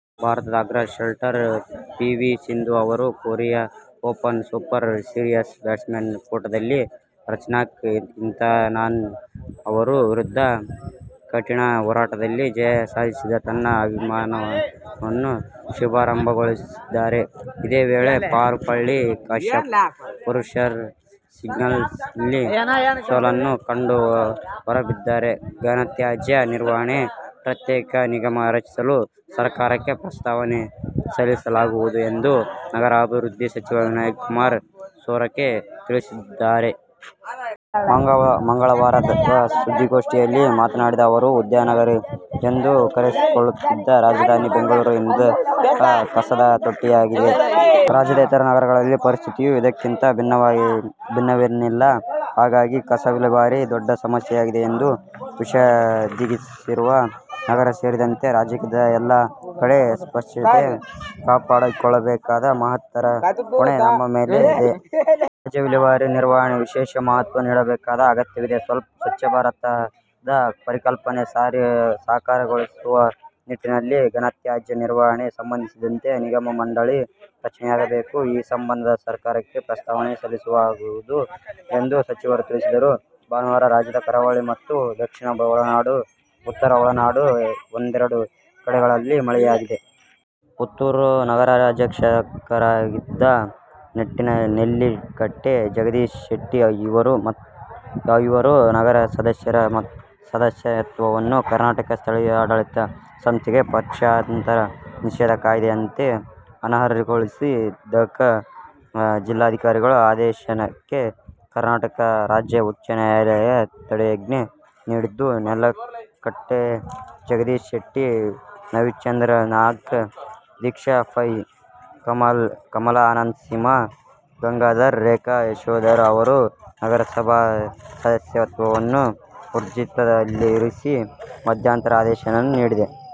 ಭಾರತದ ಅಗ್ರ shuttler PV Sindhu ಅವರು Korea open super series badminton ಕೂಟದಲ್ಲಿ ರಚನಾಕ್ ಇಂತನಾನ್ ಅವರ ವಿರುದ್ಧ ಕಠಿನ ಹೋರಾಟದಲ್ಲಿ ಜಯ ಸಾಧಿಸಿ ತನ್ನ ಅಭಿಯಾನವನ್ನು ಶುಭಾರಂಭಗೊಳಿಸಿದ್ದಾರೆ. ಇದೇ ವೇಳೆ ಪಾರುಪಳ್ಳಿ ಕಶ್ಯಪ್ ಪುರುಷರ ಸಿಂಗಲ್ಸ್ನಲ್ಲಿ ಸೋಲನ್ನು ಕಂಡು ಹೊರಬಿದ್ದಿದ್ದಾರೆ. ಘನತ್ಯಾಜ್ಯ ನಿರ್ವಹಣೆಗೆ ಪ್ರತ್ಯೇಕ ನಿಗಮ ರಚಿಸಲು ಸರಕಾರಕ್ಕೆ ಪ್ರಸ್ತಾವನೆ ಸಲ್ಲಿಸಲಾಗುವುದು ಎಂದು ನಗರಾಭಿವೃದ್ಧಿ ಸಚಿವ ವಿನಯಕುಮಾರ ಸೊರಕೆ ತಿಳಿಸಿದ್ದಾರೆ. ಮಂಗಳವಾರ ಸುದ್ದಿಗೋಷ್ಠಿಯಲ್ಲಿ ಮಾತನಾಡಿದ ಅವರು, ಉದ್ಯಾನ ನಗರಿ ಎಂದು ಕರೆಸಿಕೊಳ್ಳುತ್ತಿದ್ದ ರಾಜಧಾನಿ ಬೆಂಗಳೂರು ಇಂದು ಕಸದ ತೊಟ್ಟಿಯಂತಾಗಿದೆ. ರಾಜ್ಯದ ಇತರ ನಗರಗಳ ಪರಿಸ್ಥಿತಿಯೂ ಇದಕ್ಕಿಂತ ಭಿನ್ನವೇನಿಲ್ಲ. ಹಾಗಾಗಿ ಕಸ ವಿಲೇವಾರಿ ದೊಡ್ಡ ಸಮಸ್ಯೆಯಾಗಿದೆ ಎಂದು ವಿಷಾದಿಸಿದರು. ನಗರ ಸೇರಿದಂತೆ ರಾಜ್ಯದ ಎಲ್ಲಾ ಕಡೆ ಸ್ವತ್ಛತೆ ಕಾಪಾಡಿಕೊಳ್ಳಬೇಕಾದ ಮಹತ್ತರ ಹೊಣೆ ನಮ್ಮ ಮೇಲಿದೆ. ತಾಜ್ಯ ವಿಲೇವಾರಿ, ನಿರ್ವಹಣೆಗೆ ವಿಶೇಷ ಮಹತ್ವ ನೀಡಬೇಕಾದ ಅಗತ್ಯವಿದೆ. "ಸ್ವತ್ಛ ಭಾರತ'ದ ಕಲ್ಪನೆಯನ್ನು ಸಾಕಾರಗೊಳಿಸುವ ನಿಟ್ಟಿನಲ್ಲಿ ಘನತ್ಯಾಜ್ಯ ನಿರ್ವಹಣೆಗೆ ಸಂಬಂಧಿಸಿದಂತೆ ನಿಗಮ- ಮಂಡಳಿ ರಚನೆಯಾಗಬೇಕು. ಈ ಸಂಬಂಧ ಸರಕಾರಕ್ಕೆ ಪ್ರಸ್ತಾವನೆ ಸಲ್ಲಿಸಲಾಗುವುದು ಎಂದು ಸಚಿವರು ತಿಳಿಸಿದರು. ಭಾನುವಾರ ರಾಜ್ಯದ ಕರಾವಳಿ ಮತ್ತು ದಕ್ಷಿಣ ಒಳನಾಡು, ಉತ್ತರ ಒಳನಾಡಿನ ಒಂದೆರಡು ಕಡೆಗಳಲ್ಲಿ ಮಳೆಯಾಗಿದೆ. ಪುತ್ತೂರು ನಗರಸಭಾಧ್ಯಕ್ಷರಾಗಿದ್ದ ನೆಲ್ಲಿಕಟ್ಟೆ ಜಗದೀಶ ಶೆಟ್ಟಿ ಮತ್ತು ಇತರ ಐವರು ನಗರಸಭಾ ಸದಸ್ಯರ ಸದಸ್ಯತ್ವವನ್ನು ಕರ್ನಾಟಕ ಸ್ಥಳೀಯಾಡಳಿತ ಸಂಸ್ಥೆಗಳ ಪಕ್ಷಾಂತರ ನಿಷೇಧ ಕಾಯಿದೆಯಂತೆ ಅನರ್ಹಗೊಳಿಸಿದ ದ. ಕ. ಜಿಲ್ಲಾಧಿಕಾರಿಗಳ ಆದೇಶಕ್ಕೆ ಕರ್ನಾಟಕ ರಾಜ್ಯ ಉಚ್ಚ ನ್ಯಾಯಾಲಯ ತಡೆಯಾಜ್ಞೆ ನೀಡಿದ್ದು, ನೆಲ್ಲಕಟ್ಟೆ ಜಗದೀಶ ಶೆಟ್ಟಿ, ನವೀನ್ಚಂದ್ರ ನಾೖಕ್, ದೀಕ್ಷಾ ಪೈ, ಕಮಲಾ ಆನಂದ, ಸೀಮಾ ಗಂಗಾಧರ, ರೇಖಾ ಯಶೋಧರ ಅವರ ನಗರಸಭಾ ಸದಸ್ಯತ್ವವನ್ನು ಊರ್ಜಿತದಲ್ಲಿರಿಸಿ ಮಧ್ಯಾಂತರ ಆದೇಶ ನೀಡಿದೆ.